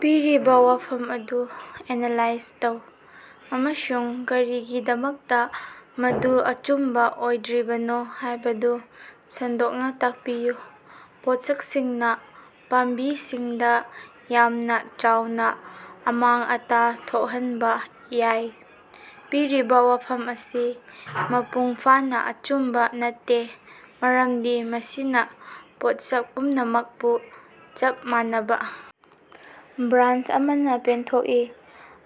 ꯄꯤꯔꯤꯕ ꯋꯥꯐꯝ ꯑꯗꯨ ꯑꯦꯅꯥꯂꯥꯏꯖ ꯇꯧ ꯑꯃꯁꯨꯡ ꯀꯔꯤꯒꯤꯗꯃꯛꯇꯥ ꯃꯗꯨ ꯑꯆꯨꯝꯕ ꯑꯣꯏꯗ꯭ꯔꯤꯕꯅꯣ ꯍꯥꯏꯕꯗꯨ ꯁꯟꯗꯣꯛꯅꯥ ꯇꯥꯛꯄꯤꯌꯨ꯫ ꯄꯣꯠꯁꯛꯁꯤꯡꯅꯥ ꯄꯥꯝꯕꯤꯁꯤꯡꯗꯥ ꯌꯥꯝꯅ ꯆꯥꯎꯅ ꯑꯃꯥꯡ-ꯑꯇꯥ ꯊꯣꯛꯍꯟꯕ ꯌꯥꯏ꯫ ꯄꯤꯔꯤꯕ ꯋꯥꯐꯝ ꯑꯁꯤ ꯃꯄꯨꯡ ꯐꯥꯅꯥ ꯑꯆꯨꯝꯕ ꯅꯠꯇꯦ, ꯃꯔꯝꯗꯤ ꯃꯁꯤꯅꯥ ꯄꯣꯠꯁꯛ ꯄꯨꯝꯅꯃꯛꯄꯨ ꯆꯞ ꯃꯥꯟꯅꯕ ꯕ꯭ꯔꯥꯁ ꯑꯃꯅꯥ ꯄꯦꯟꯊꯣꯛꯏ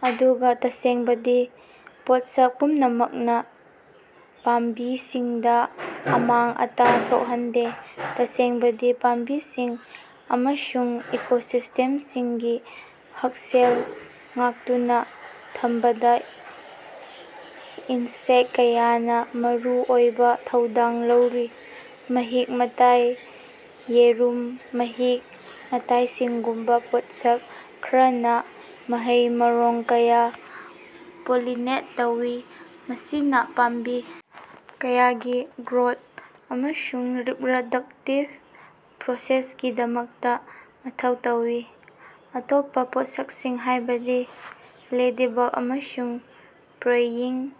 ꯑꯗꯨꯒꯥ ꯇꯁꯦꯡꯕꯗꯤ, ꯄꯣꯠꯁꯛ ꯄꯨꯝꯅꯃꯛꯅꯥ ꯄꯥꯝꯕꯤꯁꯤꯡꯗꯥ ꯑꯃꯥꯡ-ꯑꯇꯥ ꯊꯣꯛꯍꯟꯗꯦ꯫ ꯇꯁꯦꯡꯕꯗꯤ, ꯄꯥꯝꯕꯤꯁꯤꯡ ꯑꯃꯁꯨꯡ ꯏꯀꯣꯁꯤꯁ꯭ꯇꯦꯃꯁꯤꯡꯒꯤ ꯍꯛꯁꯦꯜ ꯉꯥꯛꯇꯨꯅꯥ ꯊꯝꯕꯗꯥ ꯏꯟꯁꯦꯛꯇ ꯀꯌꯥꯅꯥ ꯃꯔꯨꯑꯣꯏꯕ ꯊꯧꯗꯥꯡ ꯂꯧꯔꯤ꯫ ꯃꯍꯤꯛ-ꯃꯇꯥꯏ, ꯌꯦꯔꯨꯝ, ꯃꯍꯤꯛ-ꯃꯇꯥꯏꯁꯤꯡꯒꯨꯝꯕ ꯄꯣꯠꯁꯛ ꯈꯔꯅꯥ ꯃꯍꯩ-ꯃꯔꯣꯡ ꯀꯌꯥ ꯄꯣꯂꯤꯅꯦꯠ ꯇꯧꯏ, ꯃꯁꯤꯅꯥ ꯄꯥꯝꯕꯤ ꯀꯌꯥꯒꯤ ꯒ꯭ꯔꯣꯊ ꯑꯃꯁꯨꯡ ꯔꯤꯞꯔꯗꯛꯇꯤꯚ ꯄ꯭ꯔꯣꯁꯦꯁꯀꯤꯗꯃꯛꯇꯥ ꯃꯊꯧ ꯇꯥꯏ꯫ ꯑꯇꯣꯞꯄꯥ ꯄꯣꯠꯁꯛꯁꯤꯡ, ꯍꯥꯏꯕꯗꯤ ꯂꯦꯗꯤꯕꯛ ꯑꯃꯁꯨꯡ ꯄ꯭ꯔꯦꯌꯤꯡ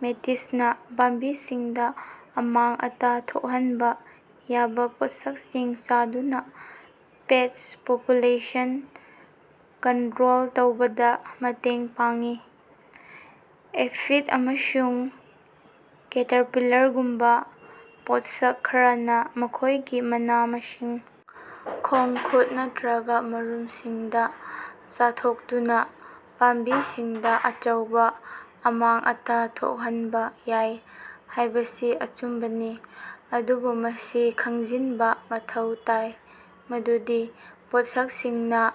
ꯃꯦꯟꯇꯤꯁꯅꯥ ꯄꯥꯝꯕꯤꯁꯤꯡꯗꯥ ꯑꯃꯥꯡ-ꯑꯇꯥ ꯊꯣꯛꯍꯟꯕ ꯌꯥꯕ ꯄꯣꯠꯁꯛꯁꯤꯡ ꯆꯥꯗꯨꯅꯥ ꯄꯦꯁ꯭ꯠ ꯄꯣꯄꯨꯂꯦꯁꯟ ꯀꯟꯠꯔꯣꯜ ꯇꯧꯕꯗꯥ ꯃꯇꯦꯡ ꯄꯥꯡꯏ꯫ ꯑꯦꯐꯤꯗ ꯑꯃꯁꯨꯡ ꯀꯦꯇꯔꯄꯤꯂꯔꯒꯨꯝꯕ ꯄꯣꯠꯁꯛ ꯈꯔꯅꯥ ꯃꯈꯣꯏꯒꯤ ꯃꯅꯥ-ꯃꯁꯤꯡ, ꯈꯣꯡ-ꯈꯨꯠ ꯅꯠꯇ꯭ꯔꯒꯥ ꯃꯔꯨꯝꯁꯤꯡꯗꯥ ꯆꯥꯊꯣꯛꯗꯨꯅꯥ ꯄꯥꯝꯕꯤꯁꯤꯡꯗꯥ ꯑꯆꯧꯕꯥ ꯑꯃꯥꯡ-ꯑꯇꯥ ꯊꯣꯛꯍꯟꯕ ꯌꯥꯏ ꯍꯥꯏꯕꯁꯤ ꯑꯆꯨꯝꯕꯅꯤ, ꯑꯗꯨꯕꯨ ꯃꯁꯤ ꯈꯪꯖꯤꯟꯕꯥ ꯃꯊꯧ ꯇꯥꯏ ꯃꯗꯨꯗꯤ ꯄꯣꯠꯁꯛꯁꯤꯡꯅꯥ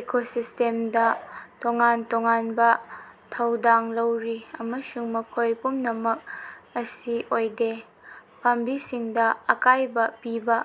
ꯏꯀꯣꯁꯤꯁ꯭ꯇꯦꯃꯗꯥ ꯇꯣꯉꯥꯟ ꯇꯣꯉꯥꯟꯕ ꯊꯧꯗꯥꯡ ꯂꯧꯔꯤ ꯑꯃꯁꯨꯡ ꯃꯈꯣꯏ ꯄꯨꯝꯅꯃꯛ ꯑꯁꯤ ꯑꯣꯏꯗꯦ꯫ ꯄꯥꯝꯕꯤꯁꯤꯡꯗꯥ ꯑꯀꯥꯏꯕ ꯄꯤꯕ꯫